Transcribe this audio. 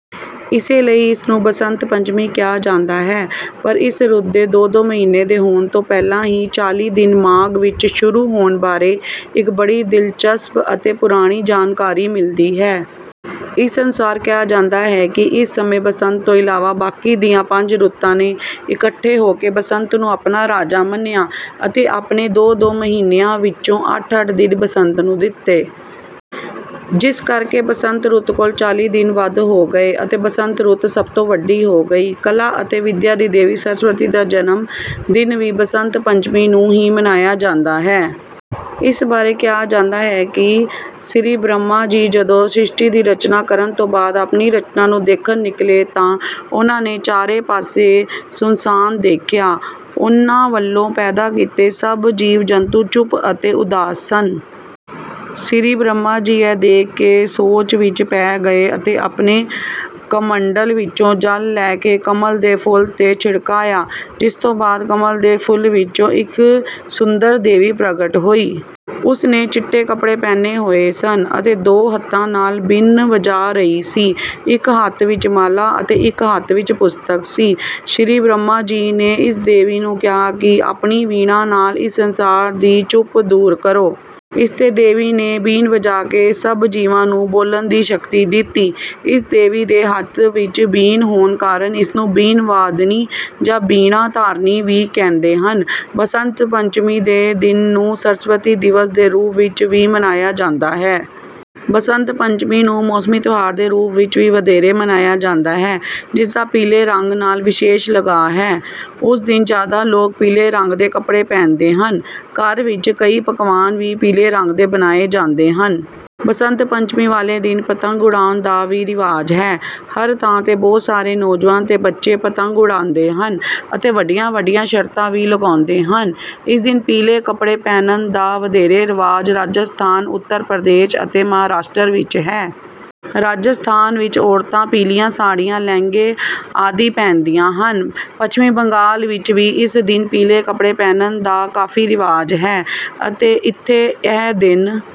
ਇਸੇ ਲਈ ਇਸ ਨੂੰ ਬਸੰਤ ਪੰਚਮੀ ਕਿਹਾ ਜਾਂਦਾ ਹੈ। ਪਰ ਇਸ ਰੁੱਤ ਦੇ-ਦੋ ਮਹੀਨੇ ਦੇ ਹੋਣ ਤੋਂ ਪਹਿਲਾਂ ਹੀ ਚਾਲੀ ਦਿਨ ਮਾਘ ਵਿੱਚ ਸ਼ੁਰੂ ਹੋਣ ਬਾਰੇ ਇੱਕ ਬੜੀ ਦਿਲਚਸਪ ਅਤੇ ਪੁਰਾਣੀ ਜਾਣਕਾਰੀ ਮਿਲਦੀ ਹੈ। ਇਸ ਅਨੁਸਾਰ ਕਿਹਾ ਜਾਂਦਾ ਹੈ ਕਿ ਇੱਕ ਸਮੇਂ ਬਸੰਤ ਤੋਂ ਇਲਾਵਾ ਬਾਕੀ ਦੀਆਂ ਪੰਜ ਰੁੱਤਾਂ ਨੇ ਇਕੱਠੇ ਹੋ ਕੇ ਬਸੰਤ ਨੂੰ ਆਪਣਾ ਰਾਜਾ ਮੰਨਿਆ ਅਤੇ ਆਪਣੇ ਦੋ ਦੋ ਮਹੀਨਿਆਂ ਵਿੱਚੋਂ ਅੱਠ-ਅੱਠ ਦਿਨ ਬਸੰਤ ਨੂੰ ਦਿੱਤੇ। ਜਿਸ ਕਰਕੇ ਬਸੰਤ ਰੁੱਤ ਕੋਲ ਚਾਲੀ ਦਿਨ ਵੱਧ ਹੋ ਗਏ ਅਤੇ ਬਸੰਤ ਰੁੱਤ ਸਭ ਤੋਂ ਵੱਡੀ ਹੋ ਗਈ। ਕਲਾ ਅਤੇ ਵਿਦਿਆ ਦੀ ਦੇਵੀ ਸਰਸਵਤੀ ਦਾ ਜਨਮ ਦਿਨ ਵੀ ਬਸੰਤ ਪੰਚਮੀ ਨੂੰ ਹੀ ਮਨਾਇਆ ਜਾਂਦਾ ਹੈ। ਇਸ ਬਾਰੇ ਕਿਹਾ ਜਾਂਦਾ ਹੈ ਕਿ ਸ੍ਰੀ ਬ੍ਰਹਮਾ ਜੀ ਜਦੋਂ ਸ਼੍ਰਿਸ਼ਟੀ ਦੀ ਰਚਨਾ ਕਰਨ ਤੋਂ ਬਾਅਦ ਆਪਣੀ ਰਚਨਾ ਨੂੰ ਦੇਖਣ ਨਿਕਲੇ ਤਾਂ ਉਨ੍ਹਾਂ ਨੇ ਚਾਰੇ ਪਾਸੇ ਸੁੰਨਸਾਨ ਦੇਖਿਆ। ਉਨ੍ਹਾਂ ਵੱਲੋਂ ਪੈਦਾ ਕੀਤੇ ਸਭ ਜੀਵ ਜੰਤੂ ਚੁੱਪ ਅਤੇ ਉਦਾਸ ਸਨ। ਸ੍ਰੀ ਬ੍ਰਹਮਾ ਜੀ ਇਹ ਦੇਖ ਕੇ ਸੋਚ ਵਿੱਚ ਪੈ ਗਏ ਅਤੇ ਆਪਣੇ ਕਮੰਡਲ ਵਿੱਚੋਂ ਜਲ ਲੈ ਕੇ ਕਮਲ ਦੇ ਫੁੱਲ ਤੇ ਛਿੜਕਿਆ। ਜਿਸ ਤੋਂ ਬਾਅਦ ਕਮਲ ਦੇ ਫੁੱਲ ਵਿੱਚੋਂ ਇੱਕ ਸੁੰਦਰ ਦੇਵੀ ਪ੍ਰਗਟ ਹੋਈ। ਉਸ ਨੇ ਚਿੱਟੇ ਕੱਪੜੇ ਪਹਿਨੇ ਹੋਏ ਸਨ ਅਤੇ ਦੋ ਹੱਥਾਂ ਨਾਲ ਬੀਨ ਵਜਾ ਰਹੀ ਸੀ ਇੱਕ ਹੱਥ ਵਿੱਚ ਮਾਲਾ ਅਤੇ ਇੱਕ ਹੱਥ ਵਿੱਚ ਪੁਸਤਕ ਸੀ। ਸ੍ਰੀ ਬ੍ਰਹਮਾ ਜੀ ਨੇ ਇਸ ਦੇਵੀ ਨੂੰ ਕਿਹਾ ਕਿ ਆਪਣੀ ਵੀਣਾ ਨਾਲ ਇਸ ਸੰਸਾਰ ਦੀ ਚੁੱਪ ਦੂਰ ਕਰੋ। ਇਸ ਤੇ ਦੇਵੀ ਨੇ ਬੀਨ ਵਜਾ ਕੇ ਸਭ ਜੀਵਾਂ ਨੂੰ ਬੋਲਣ ਦੀ ਸ਼ਕਤੀ ਦਿੱਤੀ। ਇਸ ਦੇਵੀ ਦੇ ਹੱਥ ਵਿੱਚ ਬੀਨ ਹੋਣ ਕਾਰਨ ਇਸ ਨੂੰ ਬੀਨ ਵਾਦਿਨੀ ਜਾਂ ਬੀਣਾ ਧਾਰਨੀ ਵੀ ਕਹਿੰਦੇ ਹਨ। ਬਸੰਤ ਪੰਚਮੀ ਦੇ ਦਿਨ ਨੂੰ ਸਰਸਵਤੀ ਦਿਵਸ ਦੇ ਰੂਪ ਵਿੱਚ ਵੀ ਮਨਾਇਆ ਜਾਂਦਾ ਹੈ। ਬਸੰਤ ਪੰਚਮੀ ਨੂੰ ਮੌਸਮੀ ਤਿਉਹਾਰ ਦੇ ਰੂਪ ਵਿੱਚ ਵਧੇਰੇ ਮਨਾਇਆ ਜਾਂਦਾ ਹੈ ਜਿਸ ਦਾ ਪੀਲੇ ਰੰਗ ਨਾਲ ਵਿਸ਼ੇਸ਼ ਲਗਾਅ ਹੈ। ਉਸ ਦਿਨ ਜ਼ਿਆਦਾ ਲੋਕ ਪੀਲੇ ਰੰਗ ਦੇ ਕੱਪੜੇ ਪਹਿਨਦੇ ਹਨ। ਘਰ ਵਿੱਚ ਕਈ ਪਕਵਾਨ ਵੀ ਪੀਲੇ ਰੰਗ ਦੇ ਬਣਾਏ ਜਾਂਦੇ ਹਨ। ਬਸੰਤ ਪੰਚਮੀ ਵਾਲੇ ਦਿਨ ਪਤੰਗ ਉਡਾਉਣ ਦਾ ਵੀ ਰਿਵਾਜ ਹੈ। ਹਰ ਥਾਂ ਤੇ ਬਹੁਤ ਸਾਰੇ ਨੌਜਵਾਨ ਅਤੇ ਬੱਚੇ ਪਤੰਗ ਉਡਾਉਂਦੇ ਹਨ ਅਤੇ ਵੱਡੀਆਂ ਵੱਡੀਆਂ ਸ਼ਰਤਾਂ ਵੀ ਲਗਾਉਂਦੇ ਹਨ। ਇਸ ਦਿਨ ਪੀਲੇ ਕੱਪੜੇ ਪਹਿਨਣ ਦਾ ਵਧੇਰੇ ਰਿਵਾਜ ਰਾਜਸਥਾਨ ਉੱਤਰ ਪ੍ਰਦੇਸ਼ ਅਤੇ ਮਹਾਰਾਸ਼ਟਰ ਵਿੱਚ ਹੈ। ਰਾਜਸਥਾਨ ਵਿੱਚ ਔਰਤਾਂ ਪੀਲੀਆਂ ਸਾੜ੍ਹੀਆਂ ਲਹਿੰਗੇ ਆਦਿ ਪਹਿਨਦੀਆਂ ਹਨ। ਪੱਛਮੀ ਬੰਗਾਲ ਵਿੱਚ ਵੀ ਇਸ ਦਿਨ ਪੀਲੇ ਕੱਪੜੇ ਪਹਿਨਣ ਦਾ ਕਾਫੀ ਰਿਵਾਜ ਹੈ ਅਤੇ ਇੱਥੇ ਇਹ ਦਿਨ